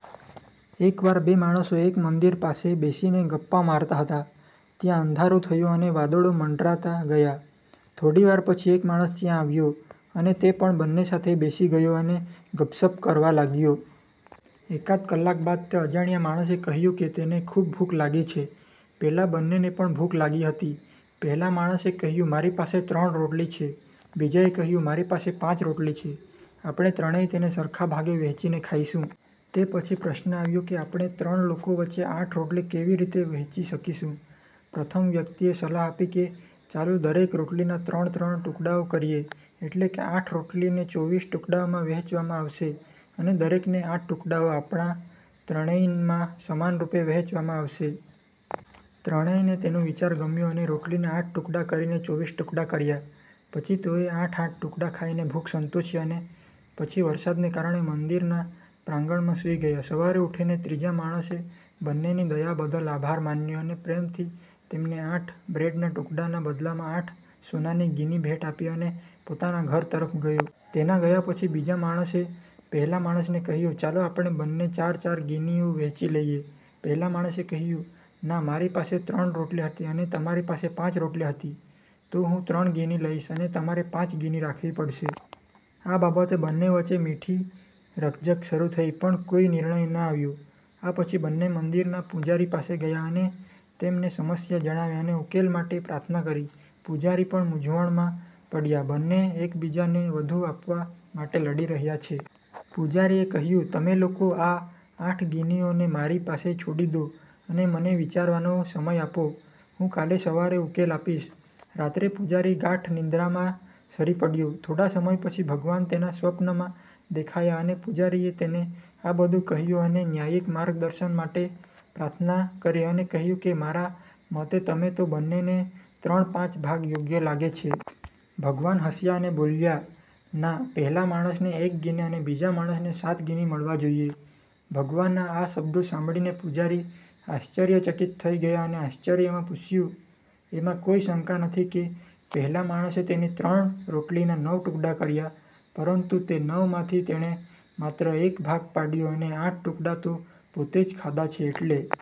એકવાર બે માણસો એક મંદિર પાસે બેસીને ગપ્પાં મારતા હતા. ત્યાં અંધારું થયું અને વાદળો મંડરાતા ગયા. થોડી વાર પછી એક માણસ ત્યાં આવ્યો અને તે પણ બંને સાથે બેસી ગયો અને ગપસપ કરવા લાગ્યો. એકાદ કલાક બાદ તે અજાણ્યા માણસે કહ્યું કે તેને ખૂબ ભૂખ લાગી છે, પેલા બંનેને પણ ભૂખ લાગી હતી. પહેલા માણસે કહ્યું, મારી પાસે ત્રણ રોટલી છે, બીજાએ કહ્યું, મારી પાસે પાંચ રોટલી છે, આપણે ત્રણેય તેને સરખા ભાગે વહેંચીને ખાઈશું. તે પછી પ્રશ્ન આવ્યો કે આપણે ત્રણ લોકો વચ્ચે આઠ રોટલી કેવી રીતે વહેંચી શકીશું? પ્રથમ વ્યક્તિએ સલાહ આપી કે ચાલો દરેક રોટલીના ત્રણ-ત્રણ ટુકડાઓ કરીએ એટલે કે, આઠ રોટલીને ચોવીસ ટુકડાઓમાં વહેંચવામાં આવશે અને દરેકને આઠ ટુકડાઓ આપણા ત્રણેયમાં સમાનરૂપે વહેંચવામાં આવશે. ત્રણેયને તેનો વિચાર ગમ્યો અને રોટલીના આઠ ટુકડા કરીને ચોવીસ ટુકડા કર્યા પછી, તેઓએ આઠ – આઠ ટુકડા ખાઈને ભૂખ સંતોષી અને પછી વરસાદને કારણે મંદિરના પ્રાંગણમાં સૂઈ ગયા. સવારે ઉઠીને, ત્રીજા માણસે બંનેની દયા બદલ આભાર માન્યો અને પ્રેમથી તેમને આઠ બ્રેડના ટુકડાના બદલામાં આઠ સોનાની ગીની ભેટ આપી અને પોતાના ઘર તરફ ગયો. તેના ગયા પછી, બીજા માણસે પહેલા માણસને કહ્યું, ચાલો આપણે બંને ચાર-ચાર ગિનીઓ વહેંચી લઈએ. પહેલા માણસે કહ્યું ના, મારી પાસે ત્રણ રોટલી હતી અને તમારી પાસે પાંચ રોટલી હતી, તો હું ત્રણ ગીની લઈશ, અને તમારે પાંચ ગીની રાખવા પડશે. આ બાબતે બંને વચ્ચે મીઠી રકઝક શરૂ થઈ પણ કોઈ નિર્ણય ન આવ્યો. આ પછી બંને મંદિરના પૂજારી પાસે ગયા અને તેમને સમસ્યા જણાવી અને ઉકેલ માટે પ્રાર્થના કરી. પૂજારી પણ મૂંઝવણમાં પડ્યા, બંને એકબીજાને વધુ આપવા માટે લડી રહ્યા છે. પૂજારીએ કહ્યું, તમે લોકો આ આઠ ગીનીઓને મારી પાસે છોડી દો અને મને વિચારવાનો સમય આપો, હું કાલે સવારે ઉકેલ આપીશ. રાત્રે પૂજારી ગાઢ નિંદ્રામાં સરી પડ્યો. થોડા સમય પછી, ભગવાન તેના સ્વપ્નમાં દેખાયા અને પૂજારીએ તેને આ બધું કહ્યું અને ન્યાયિક માર્ગદર્શન માટે પ્રાર્થના કરી અને કહ્યું કે મારા મતે તો બંને ને ત્રણ-પાંચ ભાગ યોગ્ય લાગે છે. ભગવાન હસ્યા અને બોલ્યા – ના, પહેલા માણસને એક ગિની અને બીજા માણસને સાત ગિની મળવા જોઈએ. ભગવાનના આ શબ્દો સાંભળીને પૂજારી આશ્ચર્યચકિત થઈ ગયા અને આશ્ચર્યમાં પૂછ્યું – એમાં કોઈ શંકા નથી કે પહેલા માણસે તેની ત્રણ રોટલીના નવ ટુકડા કર્યા પરંતુ તે નવ માંથી તેણે માત્ર એક ભાગ પાડ્યો અને આઠ ટુકડા તો પોતે જ ખાધા છે એટલે.